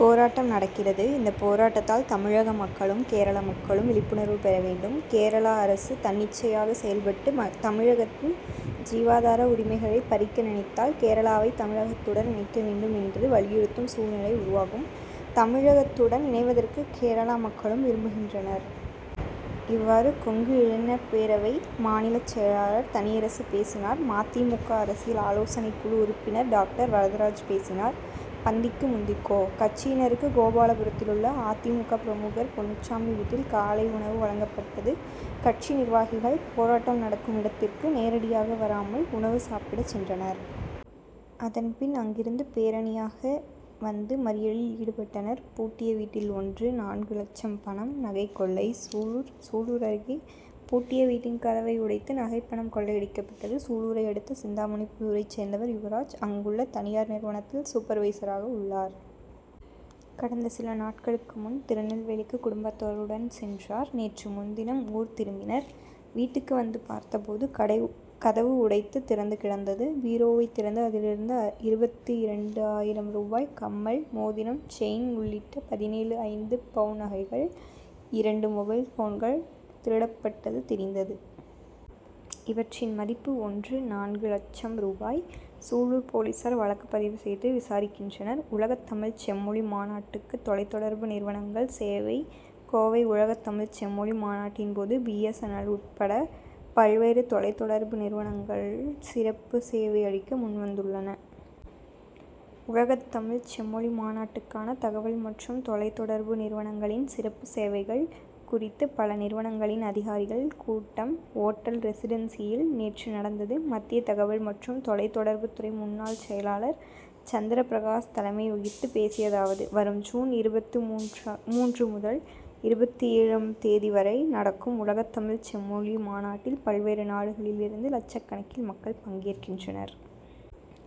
போராட்டம் நடக்கிறது. இந்த போராட்டத்தால் தமிழக மக்களும், கேரளா மக்களும் விழிப்புணர்வு பெற வேண்டும். கேரளா அரசு தன்னிச்சைக்காக செயல்பட்டு தமிழகத்தின் ஜீவாதார உரிமைகளை பறிக்க நினைத்தால், கேரளாவை தமிழகத்துடன் இணைக்க வேண்டும் என்று வலியுறுத்தும் சூழ்நிலை உருவாகும். தமிழகத்துடன் இணைவதற்கு கேரளா மக்களும் விரும்புகின்றனர். இவ்வாறு, கொங்கு இளைஞர் பேரவை மாநில செயலாளர் தனியரசு பேசினார். ம. தி. மு. க., அரசியல் ஆலோசனைக்குழு உறுப்பினர் டாக்டர் வரதராஜ் பேசினார். பந்திக்கு முந்திக்கோ! கட்சியினருக்கு கோபாலபுரத்திலுள்ள அ. தி. மு. க., பிரமுகர் பொன்னுச்சாமி வீட்டில் காலை உணவு வழங்கப்பட்டது. கட்சி நிர்வாகிகள் போராட்டம் நடக்கும் இடத்திற்கு நேரடியாக வராமல் உணவு சாப்பிட சென்றனர். அதன்பின், அங்கிருந்து பேரணியாக வந்து மறியலில் ஈடுபட்டனர். பூட்டிய வீட்டில் ஒன்று.நான்கு லட்சம் பணம், நகை கொள்ளை சூலூர். சூலூர் அருகே பூட்டிய வீட்டின் கதவை உடைத்து நகை பணம் கொள்ளையடிக்கப்பட்டது. சூலூரை அடுத்த சிந்தாமணிப்புதூரைச் சேர்ந்தவர் யுவராஜ். அங்குள்ள தனியார் நிறுவனத்தில் சூபர்வைசராக உள்ளார். கடந்த சில நாட்களுக்கு முன் திருநெல்வேலிக்கு குடும்பத்தாருடன் சென்றார். நேற்று முன்தினம் ஊர் திரும்பினர். வீட்டுக்கு வந்து பார்த்தபோது, கதவு உடைத்து திறந்து கிடந்தது. பீரோவைத் திறந்து அதிலிருந்த இருபத்து இரண்டு ஆயிரம் ரூபாய், கம்மல், மோதிரம், செயின் உள்ளிட்ட பதினேழு. ஐந்து பவுன் நகைகள், இரண்டு மொபைல் போன்கள் திருடப்பட்டது தெரிந்தது. இவற்றின் மதிப்பு ஒன்று.நான்கு லட்சம் ரூபாய். சூலூர் போலீசார் வழக்கு பதிவு செய்து விசாரிக்கின்றனர். உலகத்தமிழ்ச் செம்மொழி மாநாட்டுக்கு தொலைத்தொடர்பு நிறுவனங்கள் சேவை கோவை உலகத்தமிழ்ச் செம்மொழி மாநாட்டின்போது பி. எஸ். என். எல்., உட்பட பல்வேறு தொலைத் தொடர்பு நிறுவனங்கள் சிறப்பு சேவை அளிக்க முன்வந்துள்ளன. உலகத்தமிழ்ச் செம்மொழி மாநாட்டுக்கான தகவல் மற்றும் தொலைத் தொடர்பு நிறுனங்களின் சிறப்பு சேவைகள் குறித்து, பல நிறுவனங்களின் அதிகாரிகள் கூட்டம் ஓட்டல் ரெசிடென்சியில் நேற்று நடந்தது. மத்திய தகவல் மற்றும் தொலைத் தொடர்புத்துறை முன்னாள் செயலாளர் சந்திர பிரகாஷ் தலைமை வகித்து பேசியதாவது. வரும் ஜூன் இருபத்து மூன்று முதல் இருபத்து ஏழு ம் தேதி வரை நடக்கும் உலகத்தமிழ்ச் செம்மொழி மாநாட்டில், பல்வேறு நாடுகளிலிருந்து லட்சக்கணக்கில் மக்கள் பங்கேற்கின்றனர்.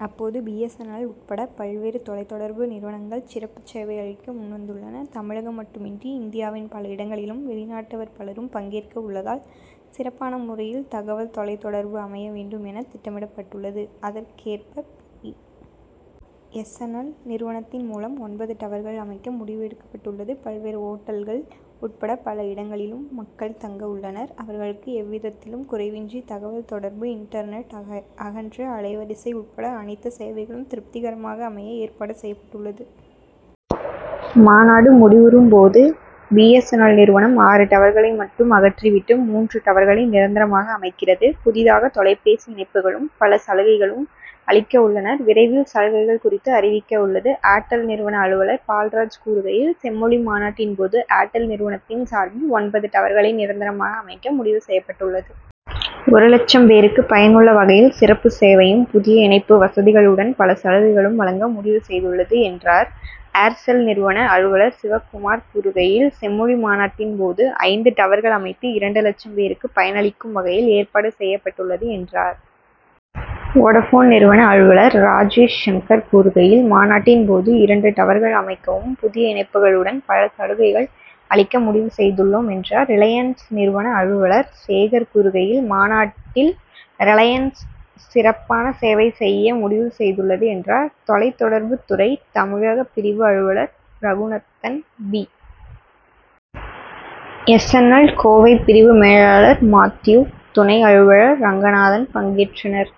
அப்போது பி. எஸ். என். எல்., உட்பட பல்வேறு தொலைத் தொடர்பு நிறுவனங்கள் சிறப்பு சேவை அளிக்க முன்வந்துள்ளன. தமிழகம் மட்டுமின்றி, இந்தியாவின் பல இடங்களிலும், வெளிநாட்டவர் பலரும் பங்கேற்க உள்ளதால் சிறப்பான முறையில் தகவல் தொலைத்தொடர்பு அமைய வேண்டும் என திட்டமிடப்பட்டுள்ளது. அதற்கேற்ப பி. எஸ். என். எல்., நிறுவனத்தின் மூலம் ஒன்பது டவர்கள் அமைக்க முடிவு எடுக்கப்பட்டுள்ளது. பல்வேறு ஓட்டல்கள் உட்பட பல இடங்களிலும் மக்கள் தங்க உள்ளனர். அவர்களுக்கு எவ்விதத்திலும் குறைவின்றி தகவல் தொடர்பு இன்டர்நெட், அகன்ற அலை வரிசை உட்பட அனைத்து சேவைகளும் திருப்திகரமாக அமைய ஏற்பாடு செய்யப்பட்டுள்ளது. மாநாடு முடிவுறும் போது பி. எஸ். என். எல்., நிறுவனம் ஆறு டவர்களை மட்டும் அகற்றி விட்டு, மூன்று டவர்களை நிரந்தரமாக அமைக்கிறது. புதிதாக தொலை பேசி இணைப்புகளும் பல சலுகைகளும் அளிக்க உள்ளன. விரைவில் சலுகைகள் குறித்து அறிவிக்க உள்ளது. ஏர் டெல்' நிறுவன அலுவலர் பால்ராஜ் கூறுகையில், செம்மொழி மாநாட்டின் போது ஏர் டெல் நிறுவனத்தின் சார்பில் ஒன்பது டவர்களை நிரந்தரமாக அமைக்க முடிவு செய்யப்பட்டுள்ளது. ஒரு லட்சம் பேருக்கு பயனுள்ள வகையில் சிறப்பு சேவையும், புதிய இணைப்பு வசதிகளுடன், பல சலுகைகளும் வழங்க முடிவு செய்துள்ளது, என்றார். ஏர் செல்' நிறுவன அலுவலர் சிவக்குமார் கூறுகையில், செம்மொழி மாநாட்டின் போது ஐந்து டவர்கள் அமைத்து, இரண்டு லட்சம் பேருக்கு பயனளிக்கும் வகையில் ஏற்பாடு செய்யப்பட்டுள்ளது, என்றார். வோடாபோன் நிறுவன அலுவலர் ராஜேஷ் சங்கர் கூறுகையில், மாநாட்டின் போது இரண்டு டவர்கள் அமைக்கவும், புதிய இணைப்புகளுடன் பல சலுகைகள் அளிக்க முடிவு செய்துள்ளோம், என்றார். ரிலையன்ஸ் நிறுவன அலுவலர் சேகர் கூறுகையில், மாநாட்டில் ரிலையன்ஸ் சிறப்பான சேவை செய்ய முடிவு செய்துள்ளது, என்றார். தொலைத் தொடர்புத் துறை தமிழக பிரிவு அலுவலர் ரகுநந்தன், பி. எஸ். என். எல்.,கோவை பிரிவு மேலாளர் மாத்யூ, துணை அலுவலர் ரங்கநாதன் பங்கேற்றனர்.